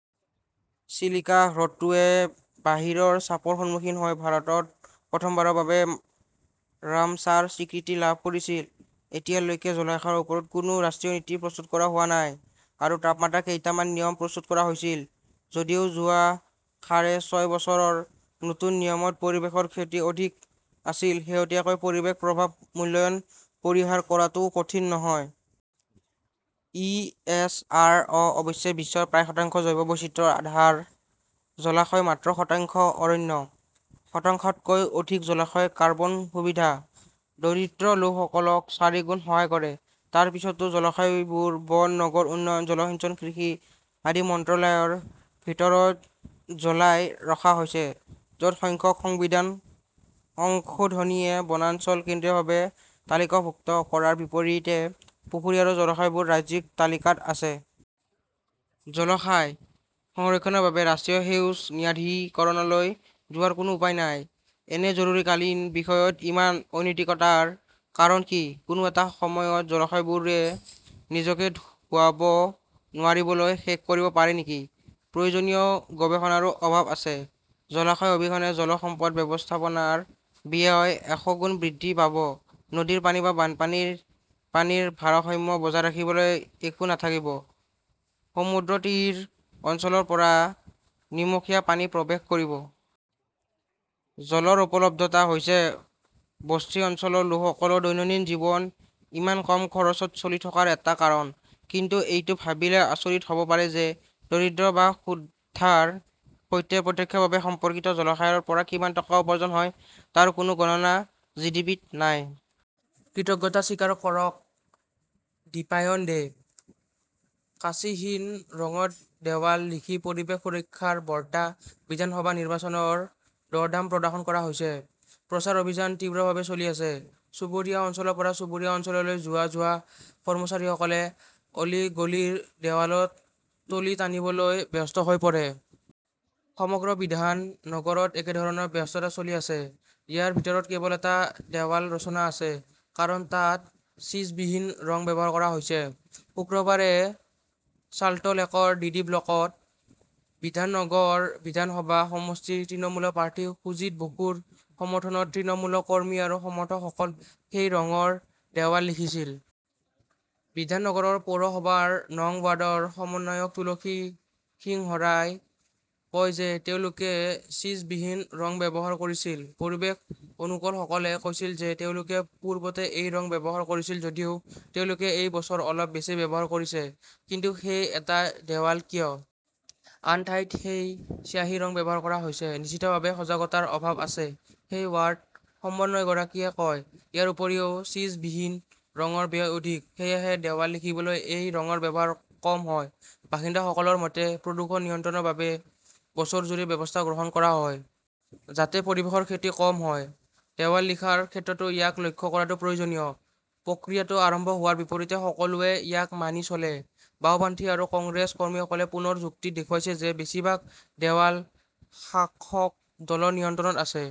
চিলিকা হ্ৰদটোৱে বাহিৰৰ চাপৰ সন্মুখীন হৈ ভাৰতত প্ৰথমবাৰৰ বাবে ৰামছাৰ স্বীকৃতি লাভ কৰিছিল, এতিয়ালৈকে জলাশয়ৰ ওপৰত কোনো ৰাষ্ট্ৰীয় নীতি প্ৰস্তুত কৰা হোৱা নাই। আৰু মাত্ৰ কেইটামান নিয়ম প্ৰস্তুত কৰা হৈছিল, যদিও যোৱা সাঢ়ে ছয় বছৰৰ নতুন নিয়মত পৰিৱেশৰ ক্ষতি অধিক আছিল, শেহতীয়াকৈ পৰিৱেশ প্ৰভাৱ মূল্যায়ন পৰিহাৰ কৰাটোও কঠিন নহয়। ই. এছ. আৰ. অ. অৱশ্যে, বিশ্বৰ প্ৰায় শতাংশ জৈৱ বৈচিত্ৰ্যৰ আধাৰ জলাশয়, মাত্ৰ শতাংশ অৰণ্য, শতাংশকৈ অধিক জলাশয়ৰ কাৰ্বন সুবিধা, দৰিদ্ৰ লোকসকলক চাৰিগুণ সহায় কৰে। তাৰ পিছতো জলাশয়বোৰ বন, নগৰ উন্নয়ন, জলসিঞ্চন, কৃষি আদি মন্ত্ৰালয়ৰ ভিতৰত ঝুলাই ৰখা হৈছে, য 'ত সংখ্যক সংবিধান সংশোধনীয়ে বনাঞ্চল কেন্দ্ৰীয়ভাৱে তালিকাভুক্ত কৰাৰ বিপৰীতে পুখুৰী আৰু জলাশয়বোৰ ৰাজ্যিক তালিকাত আছে। জলাশয় সংৰক্ষণৰ বাবে ৰাষ্ট্ৰীয় সেউজ ন্যায়াধিকৰণলৈ যোৱাৰ কোনো উপায় নাই। এনে জৰুৰীকালীন বিষয়ত ইমান অনৈতিকতাৰ কাৰণ কি? কোনো এটা সময়ত জলাশয়বোৰে নিজকে ধোঁৱাব নোৱাৰিবলৈ শেষ কৰিব পাৰে নেকি? প্ৰয়োজনীয় গৱেষণাৰো অভাৱ আছে। জলাশয় অবিহনে জল সম্পদ ব্যৱস্থাপনাৰ ব্যয় এশগুণ বৃদ্ধি পাব, নদীৰ পানী বা বানপানীৰ পানীৰ ভাৰসাম্য বজাই ৰাখিবলৈ একো নাথাকিব, সমুদ্ৰতীৰৰ অঞ্চলৰ পৰা নিমখীয়া পানী প্ৰৱেশ কৰিব। জলৰ উপলব্ধতা হৈছে বস্তি অঞ্চলৰ লোকসকলৰ দৈনন্দিন জীৱন ইমান কম খৰচত চলি থকাৰ এটা কাৰণ। কিন্তু এইটো ভাবিলে আচৰিত হ'ব পাৰে যে দৰিদ্ৰতা বা ক্ষুধাৰ সৈতে প্ৰত্যক্ষভাৱে সম্পৰ্কিত জলাশয়ৰ পৰা কিমান টকা উপাৰ্জন হয় তাৰ কোনো গণনা জিডিপি-ত নাই। কৃতজ্ঞতা স্বীকাৰ কৰক দীপায়ন দে। কাঁচিহীন ৰঙত দেৱাল লিখি পৰিৱেশ সুৰক্ষাৰ বাৰ্তা বিধানসভা নিৰ্বাচনৰ দৰদাম প্ৰদৰ্শন কৰা হৈছে। প্ৰচাৰ অভিযান তীব্ৰভাৱে চলি আছে। চুবুৰীয়া অঞ্চলৰ পৰা চুবুৰীয়া অঞ্চললৈ যোৱা-যোৱা কৰ্মচাৰীসকলে অলি-গলিৰ দেৱালত টলি টানিবলৈ ব্যস্ত হৈ পৰে। সমগ্ৰ বিধান নগৰত একেধৰণৰ ব্যস্ততা চলি আছে। ইয়াৰ ভিতৰত কেৱল এটা দেৱাল ৰচনা আছে। কাৰণ, তাত ছিছবিহীন ৰং ব্যৱহাৰ কৰা হৈছে। শুক্ৰবাৰে চাল্টলেকৰ ডিডি ব্লকত, বিধাননগৰ বিধানসভা সমষ্টিৰ তৃণমূলৰ প্ৰাৰ্থী সুজিত বসুৰ সমৰ্থনত তৃণমূল কৰ্মী আৰু সমৰ্থকসকলে সেই ৰঙৰ দেৱাল লিখিছিল। বিধাননগৰ পৌৰসভাৰ নং ৱাৰ্ডৰ সমন্বয়ক তুলসী সিংহৰাই কয় যে তেওঁলোকে ছিছবিহীন ৰং ব্যৱহাৰ কৰিছিল। পৰিৱেশ অনুকূলসকলে কৈছিল যে তেওঁলোকে পূৰ্বতে এই ৰং ব্যৱহাৰ কৰিছিল যদিও তেওঁলোকে এই বছৰ অলপ বেছি ব্যৱহাৰ কৰিছে। কিন্তু সেই এটা দেৱাল কিয়? আন ঠাইত সেই চিয়াঁহী ৰং ব্যৱহাৰ কৰা হৈছে। নিশ্চিতভাৱে সজাগতাৰ অভাৱ আছে, সেই ৱাৰ্ড সমন্বয়কগৰাকীয়ে কয়। ইয়াৰ উপৰিও, ছিছবিহীন ৰঙৰ ব্যয় অধিক। সেয়েহে দেৱাল লিখিবলৈ এই ৰঙৰ ব্যৱহাৰ কম হয়। বাসিন্দাসকলৰ মতে, প্ৰদূষণ নিয়ন্ত্ৰণৰ বাবে বছৰজুৰি ব্যৱস্থা গ্ৰহণ কৰা হয়। যাতে পৰিৱেশৰ ক্ষতি কম হয়, দেৱাল লিখাৰ ক্ষেত্ৰতো ইয়াক লক্ষ্য কৰাটো প্ৰয়োজনীয়। প্ৰক্ৰিয়াটো আৰম্ভ হোৱাৰ বিপৰীতে সকলোৱে ইয়াক মানি চলে। বাওঁপন্থী আৰু কংগ্ৰেছ কৰ্মীসকলে পুনৰ যুক্তি দেখুৱাইছে যে বেছিভাগ দেৱাল শাসক দলৰ নিয়ন্ত্ৰণত আছে।